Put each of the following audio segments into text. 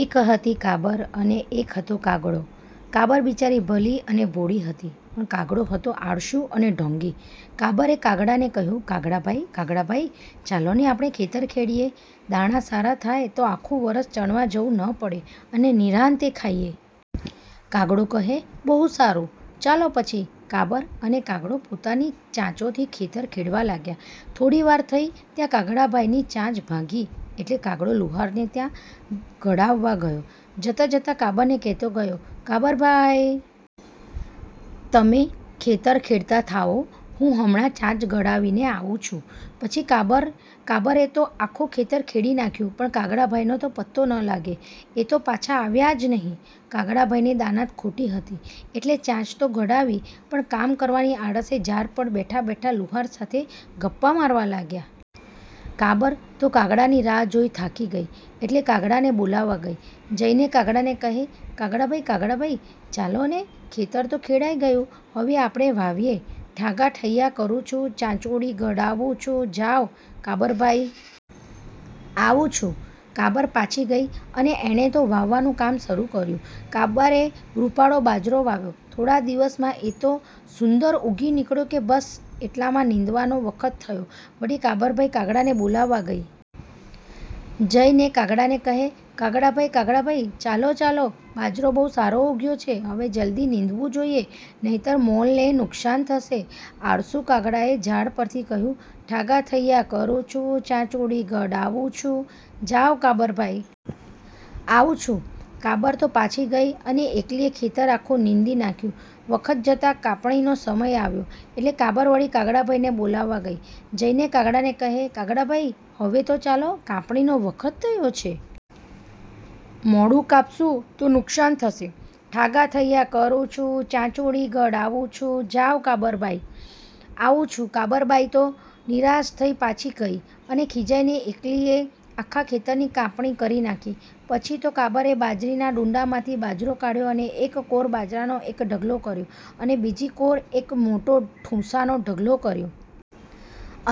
એક હતી કાબર અને એક હતો કાગડો. કાબર બિચારી ભલી અને ભોળી હતી, પણ કાગડો હતો આળસુ અને ઢોંગી. કાબરે કાગડાને કહ્યું -કાગડાભાઈ, કાગડાભાઈ! ચાલોને આપણે ખેતર ખેડીએ! દાણા સારા થાય તો આખું વરસ ચણવા જવું ન પડે અને નિરાંતે ખાઈએ. કાગડો કહે-બહુ સારું; ચાલો. પછી કાબર અને કાગડો પોતાની ચાંચોથી ખેતર ખેડવા લાગ્યાં. થોડી વાર થઈ ત્યાં કાગડાની ચાંચ ભાંગી એટલે કાગડો લુહારને ત્યાં તે ઘડાવવા ગયો. જતાં જતાં કાબરને કહેતો ગયો -કાબરબાઈ! તમે ખેતર ખેડતાં થાઓ, હું હમણાં ચાંચ ઘડાવીને આવું છું. પછી કાબરે તો આખું ખેતર ખેડી નાખ્યું પણ કાગડાભાઈનો પત્તો ન લાગે. એ તો પાછા આવ્યાં જ નહિ. કાગડાભાઈની દાનત ખોટી હતી એટલે ચાંચ તો ઘડાવી પણ કામ કરવાની આળસે ઝાડ પર બેઠા બેઠા લુહાર સાથે ગપ્પાં મારવા લાગ્યા. કાબર તો કાગડાની રાહ જોઈ થાકી ગઈ એટલે કાગડાને બોલાવવા ગઈ. જઈને કાગડાને કહે -કાગડાભાઈ, કાગડાભાઈ! ચાલો ને! ખેતર તો ખેડાઈ ગયું. હવે આપણે વાવીએ. ઠાગાઠૈયા કરું છું, ચાંચુડી ઘડાવું છું, જાવ, કાબરબાઈ! આવું છું. કાબર પાછી ગઈ અને એણે તો વાવવાનું કામ શરૂ કર્યું. કાબરે રૂપાળો બાજરો વાવ્યો. થોડા દિવસમાં એ એવો તો સુંદર ઊગી નીકળ્યો કે બસ! એટલામાં નીંદવાનો વખત થયો વળી કાબરબાઈ કાગડાને બોલાવવા ગઈ. જઈને કાગડાને કહે -કાગડાભાઈ, કાગડાભાઈ! ચાલો, ચાલો; બાજરો બહુ સારો ઊગ્યો છે. હવે જલદી નીંદવું જોઈએ, નહિતર મોલને નુકસાન થશે. આળસુ કાગડાએ ઝાડ ઉપરથી કહ્યું: ઠાગાઠૈયા કરું છું, ચાંચુડી ઘડાવું છું, જાવ, કાબરબાઈ! આવું છું. કાબર તો પાછી ગઈ અને એકલીએ ખેતર આખું નીંદી નાખ્યું. વખત જતાં કાપણીનો સમય આવ્યો એટલે કાબર વળી કાગડાભાઈને બોલાવવા ગઈ. જઈને કાગડાને કહે - કાગડાભાઈ! હવે તો ચાલો, કાપણીનો વખત થયો છે. મોડું કાપશું તો નુકસાન થશે. ઠાગાઠૈયા કરું છું, ચાંચુડી ઘડાવું છું, જાવ, કાબરબાઈ! આવું છું. કાબરબાઈ તો નિરાશ થઈ પાછી ગઈ. અને ખિજાઈને એકલીએ આખા ખેતરની કાપણી કરી નાખી. પછી તો કાબરે બાજરીનાં ડુંડાંમાંથી બાજરો કાઢ્યો અને એક કોર બાજરાનો એક ઢગલો કર્યો, અને બીજી કોર એક મોટો ઢૂંસાંનો ઢગલો કર્યો.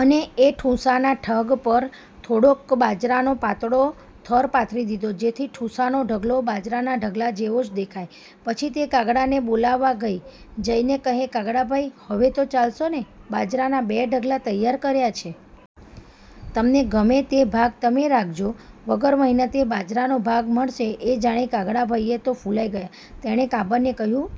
અને એ ઢૂંસાંના ઢગ પર થોડોક બાજરાનો પાતળો થર પાથરી દીધો જેથી ઢૂંસાંનો ઢગલો બાજરાના ઢગલા જેવો જ દેખાય. પછી તે કાગડાને બોલાવવા ગઈ. જઈને કહે- કાગડાભાઈ! હવે તો ચાલશો ને? બાજરાના બે ઢગલા તૈયાર કર્યા છે. તમને ગમે તે ભાગ તમે રાખજો. વગર મહેનતે બાજરાનો ભાગ મળશે એ જાણી કાગડાભાઈ તો ફુલાઈ ગયા. તેણે કાબરને કહ્યું